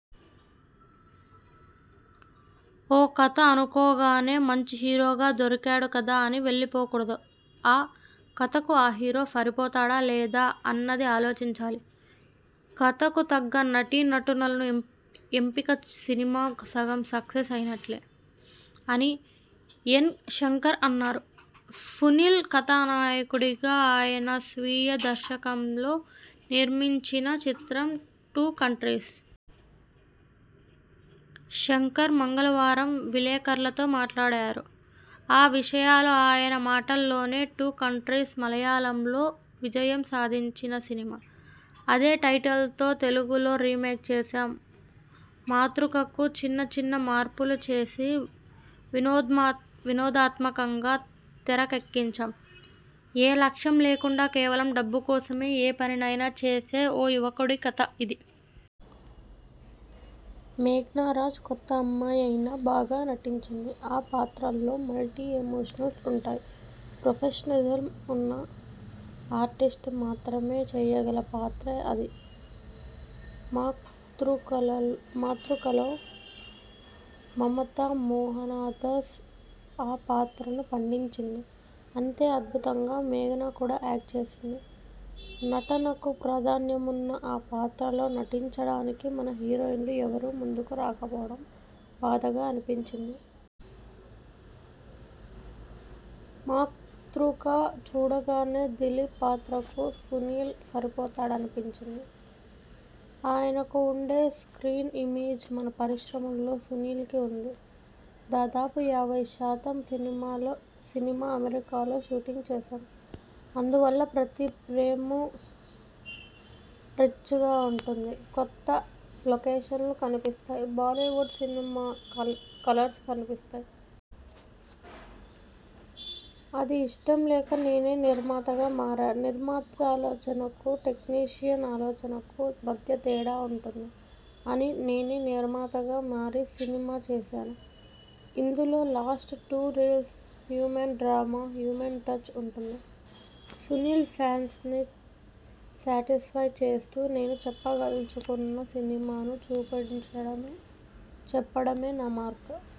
'ఓ కథ అనుకోగానే మంచి హీరోగా దొరికాడు కదా అని వెళ్లిపోకూడదు. ఆ కథకు ఆ హీరో సరిపోతాడ లేదా అన్నది ఆలోచించాలి. కథకు తగ్గ నటీనటులను ఎంపిక సినిమా సగం సక్సెస్ అయినట్లే'' అని ఎన్. శంకర్ అన్నారు. సునీల్ కథానాయకుడిగా ఆయన స్వీయ దర్శకంలో నిర్మించిన చిత్రం 'టూ కంట్రీస్'. శంకర్ మంగళవారం విలేకర్లతో మాట్లాడారు. ఆ విషయాలు ఆయన మాటల్లోనే 'టూ కంట్రీస్' మలయాళంలో విజయం సాధించిన సినిమా. అదే టైటిల్తో తెలుగులో రీమేక్ చేశాం. మాతృకకు చిన్నచిన్న మార్పులు చేసి వినోద్మా వినోదాత్మకంగా తెరకెక్కించాం. ఏ లక్ష్యం లేకుండా కేవలం డబ్బు కోసమే ఏ పనినైనా చేసే ఓ యువకుడి కథ ఇది. మేఘనారాజ్ కొత్తమ్మాయి అయినా బాగా నటించింది. ఆ పాత్రలో మల్టీ ఎమోషన్స్ ఉంటాయి. ప్రొఫషనలిజం ఉన్న ఆర్టిస్ట్ మాత్రమే చేయగల పాత్ర అది. మాతృకల మాతృకలో మమతా మోహనాదాస్ ఆ పాత్రను పండించింది. అంతే అద్భుతంగా మేఘనా కూడా యాక్ట్ చేసింది. నటనకు ప్రాధాన్యమున్న ఆ పాత్రలో నటించడానికి మన హీరోయిన్లు ఎవరూ ముందుకు రాకపోవడం బాధగా అనిపించింది. మాతృక చూడగానే దిలీప్ పాత్రకు సునీల్ సరిపోతాడనిపించింది. ఆయనకు ఉండే స్ర్కీన్ ఇమేజ్ మన పరిశ్రమలో సునీల్కి ఉంది. దాదాపు యాభై శాతం సినిమాలో సినిమా అమెరికాలో షూట్ చేశాం. అందువల్ల ప్రతి ఫ్రేమూ రిచ్గా ఉంటుంది. కొత్త లొకేషన్లు కనిపిస్తాయి. బాలీవుడ్ సినిమా క కలర్స్ కనిపిస్తాయి. అది ఇష్టం లేక నేనే నిర్మాతగా మారా. నిర్మాత ఆలోచనకు, టెక్నీషియన్ ఆలోచనకు మధ్య తేడా ఉంటుంది. అని నేనే నిర్మాతగా మారి సినిమా చేశాను. ఇందులో last two reels human drama, human touch ఉంటుంది. సునీల్ ఫ్యాన్స్ ని శాటిస్ఫై చేస్తూ, నేను చెప్పదలచుకున్న సినిమాను చూపించడమే చెప్పడమే నా మార్క్.